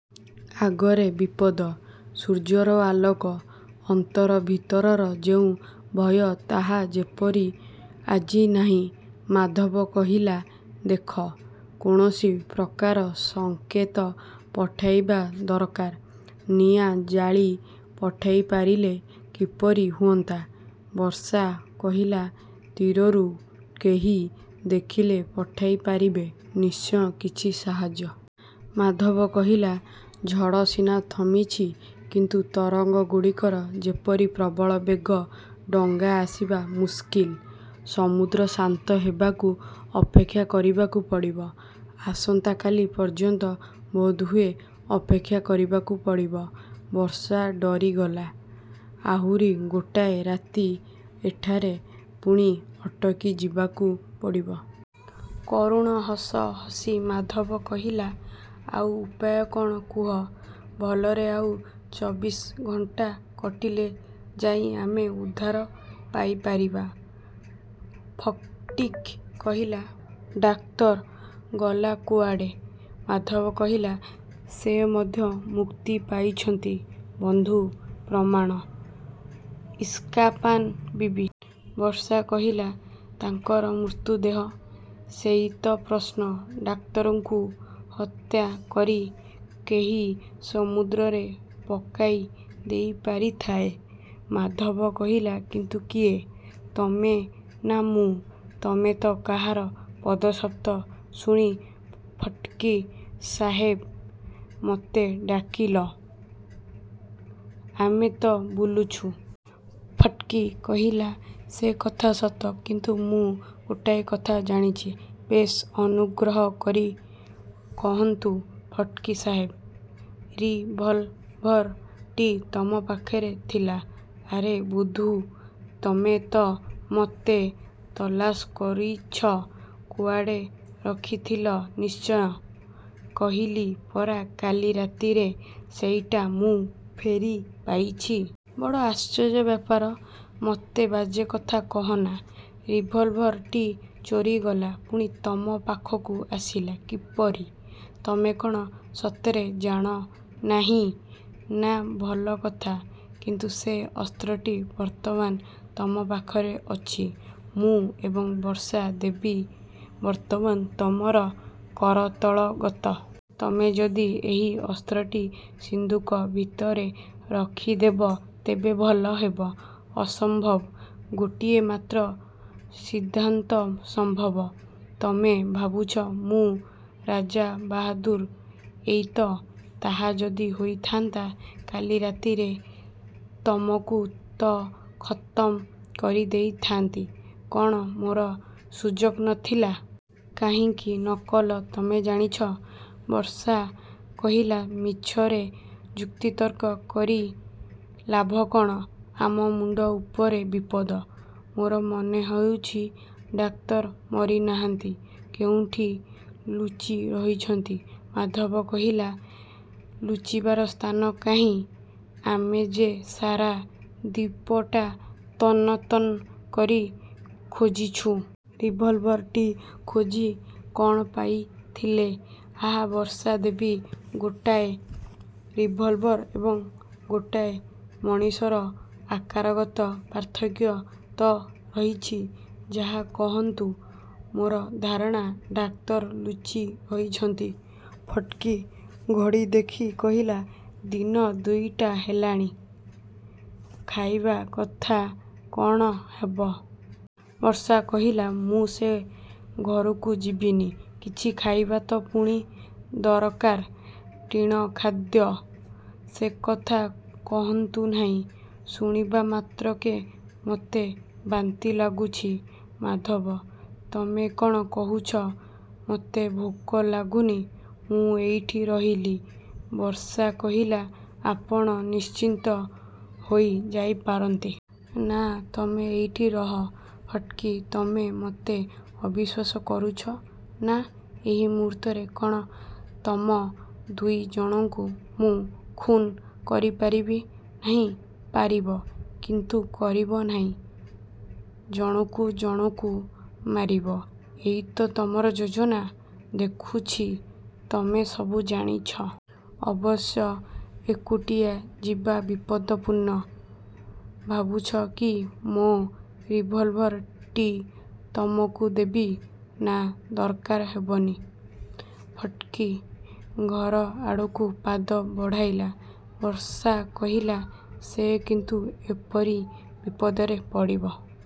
ଆଗରେ ବିପଦ। ସୂର୍ଯ୍ୟର ଆଲୋକ। ଅନ୍ତର ଭିତରର ଯେଉଁ ଭୟ ତାହା ଯେପରି ଆଜି ନାହିଁ। ମାଧବ କହିଲା ଦେଖ କୌଣସି ପ୍ରକାର ସଂକେତ ପଠାଇବା ଦରକାର। ନିଆଁ ଜାଳି ପଠାଇପାରିଲେ କିପରି ହୁଅନ୍ତା? ବର୍ଷା କହିଲା ତୀରରୁ କେହି ଦେଖିଲେ ପଠାଇପାରିବେ ନିଶ୍ଚୟ କିଛି ସାହାଯ୍ୟ। ମାଧବ କହିଲା ଝଡ଼ ସିନା ଥମିଛି କିନ୍ତୁ ତରଙ୍ଗଗୁଡ଼ିକର ଯେପରି ପ୍ରବଳ ବେଗ ଡଙ୍ଗା ଆସିବା ମୁସ୍କିଲ। ସମୁଦ୍ର ଶାନ୍ତ ହେବାକୁ ଅପେକ୍ଷା କରିବାକୁ ପଡ଼ିବ। ଆସନ୍ତା କାଲି ପର୍ଯ୍ୟନ୍ତ ବୋଧହୁଏ ଅପେକ୍ଷା କରିବାକୁ ପଡ଼ିବ। ବର୍ଷା ଡରିଗଲା। ଆହୁରି ଗୋଟାଏ ରାତି ଏଠାରେ ପୁଣି ଅଟକିଯିବାକୁ ପଡ଼ିବ। କରୁଣ ହସ ହସି ମାଧବ କହିଲା ଆଉ ଉପାୟ କଣ କୁହ? ଭଲରେ ଆଉ ଚବିଶ ଘଣ୍ଟା କଟିଲେ ଯାଇ ଆମେ ଉଦ୍ଧାର ପାଇପାରିବା। ଫଟିକ୍ କହିଲା ଡାକ୍ତର ଗଲା କୁଆଡ଼େ? ମାଧବ କହିଲା ସେ ମଧ୍ୟ ମୁକ୍ତି ପାଇଛନ୍ତି ବନ୍ଧୁ ପ୍ରମାଣ ଇସ୍କାପାନ ବିବି। ବର୍ଷା କହିଲା ତାଙ୍କର ମୃତଦେହ? ସେଇ ତ ପ୍ରଶ୍ନ। ଡାକ୍ତରକୁ ହତ୍ୟା କରି କେହି ସମୁଦ୍ରରେ ପକାଇ ଦେଇପାରିଥାଏ। ମାଧବ କହିଲା କିନ୍ତୁ କିଏ? ତମେ ନା ମୁଁ? ତମେ ତ କାହାର ପଦଶବ୍ଦ ଶୁଣି ଫଟିକ୍ ସାହେବ ମୋତେ ଡାକିଲ ଆମେ ତ ବୁଲୁଛୁ। ଫଟିକ୍ କହିଲା ସେ କଥା ସତ କିନ୍ତୁ ମୁଁ ଗୋଟାଏ କଥା ଜାଣିଛି। ବେଶ୍ ଅନୁଗ୍ରହ କରି କହନ୍ତୁ ଫଟିକ୍ ସାହେବ ରିଭଲଭର ଟି ତମ ପାଖରେ ଥିଲା। ଆରେ ବୁଦ୍ଧୁ ତମେ ତ ମୋତେ ତଲାସ କରିଛ କୁଆଡ଼େ ରଖିଥିଲ ନିଶ୍ଚୟ। କହିଲି ପରା କାଲି ରାତିରେ ସେଇଟା ମୁଁ ଫେରିପାଇଛି। ବଡ଼ ଆଶ୍ଚର୍ଯ୍ୟ ବ୍ୟାପାର ମୋତେ ବାଜେ କଥା କହନା। ରିଭଲଭର ଟି ଚୋରିଗଲ ପୁଣି ତମ ପାଖକୁ ଆସିଲା କିପରି? ତମେ କଣ ସତରେ ଜାଣନାହିଁ? ନା ଭଲ କଥା। କିନ୍ତୁ ସେ ଅସ୍ତ୍ରଟି ବର୍ତ୍ତମାନ ତମ ପାଖରେ ଅଛି। ମୁଁ ଏବଂ ବର୍ଷା ଦେବୀ ବର୍ତ୍ତମାନ ତମର କରତଳଗତ। ତମେ ଯଦି ଏହି ଅସ୍ତ୍ରଟି ସିନ୍ଦୁକ ଭିତରେ ରଖିଦେବ ତେବେ ଭଲ ହେବ ଅସମ୍ଭବ। ଗୋଟିଏ ମାତ୍ର ସିଦ୍ଧାନ୍ତ ସମ୍ଭବ। ତମେ ଭାବୁଛ ମୁଁ ରାଜାବାହାଦୁର ଏଇ ତ? ତାହା ଯଦି ହୋଇଥାନ୍ତା କାଲି ରାତିରେ ତମକୁ ତ ଖତମ କରିଦେଇଥାନ୍ତି। କଣ ମୋର ସୁଯୋଗ ନ ଥିଲା? କାହିଁକି ନ କଲ ତମେ ଜାଣିଛ। ବର୍ଷା କହିଲା ମିଛରେ ଯୁକ୍ତିତର୍କ କରି ଲାଭ କଣ ଆମ ମୁଣ୍ଡ ଉପରେ ବିପଦ। ମୋର ମନେହେଉଛି ଡାକ୍ତର ମରିନାହାନ୍ତି କେଉଁଠି ଲୁଚି ରହିଛନ୍ତି। ମାଧବ କହିଲା ଲୁଚିବାର ସ୍ଥାନ କାହିଁ ଆମେ ଯେ ସାରା ଦ୍ୱୀପଟା ତନ୍ନ ତନ୍ନ କରି ଖୋଜିଛୁ। ରିଭଲଭର ଟି ଖୋଜି କଣ ପାଇଥିଲେ? ଆହା ବର୍ଷା ଦେବୀ ଗୋଟାଏ ରିଭଲଭର ଏବଂ ଗୋଟାଏ ମଣିଷର ଆକାରଗତ ପାର୍ଥକ୍ୟ ତ ରହିଛି ଯାହା କହନ୍ତୁ ମୋର ଧାରଣା ଡାକ୍ତର ଲୁଚିରହିଛନ୍ତି। ଫଟିକ୍ ଘଡ଼ି ଦେଖି କହିଲା ଦିନ ଦୁଇଟା ହେଲାଣି। ଖାଇବା କଥା କଣ ହେବ? ବର୍ଷା କହିଲା ମୁଁ ସେ ଘରକୁ ଯିବିନି। କିଛି ଖାଇବା ତ ପୁଣି ଦରକାର? ଟିଣ ଖାଦ୍ୟ। ସେ କଥା କହନ୍ତୁ ନାହିଁ ଶୁଣିବାମାତ୍ରକେ ମୋତେ ବାନ୍ତି ଲାଗୁଛି। ମାଧବ ତମେ କଣ କହୁଛ ମୋତେ ଭୋକ ଲାଗୁନି ମୁଁ ଏଇଠି ରହିଲି ବର୍ଷା କହିଲା ଆପଣ ନିଶ୍ଚିନ୍ତ ହୋଇ ଯାଇପାରନ୍ତି। ନା ତମେ ଏଇଠି ରହ। ଫଟିକ୍ ତମେ ମୋତେ ଅବିଶ୍ଵାସ କରୁଛ ନା? ଏହି ମୁହୂର୍ତ୍ତରେ କଣ ତମ ଦୁଇ ଜଣଙ୍କୁ ମୁଁ ଖୁନ୍ କରିପାରିବି ନାହିଁ? ପାରିବ କିନ୍ତୁ କରିବ ନାହିଁ। ଜଣକୁ ଜଣକୁ ମାରିବ ଏଇ ତ ତମର ଯୋଜନା। ଦେଖୁଛି ତମେ ସବୁ ଜାଣିଛ। ଅବଶ୍ୟ ଏକୁଟିଆ ଯିବା ବିପଦପୂର୍ଣ୍ଣ। ଭାବୁଛ କି ମୋ ରିଭଲଭର ଟି ତମକୁ ଦେବି? ନା ଦରକାର ହେବନି। ଫଟିକ୍ ଘର ଆଡ଼କୁ ପାଦ ବଢ଼ାଇଲା। ବର୍ଷା କହିଲା ସେ କିନ୍ତୁ ଏପରି ବିପଦରେ ପଡ଼ିବ।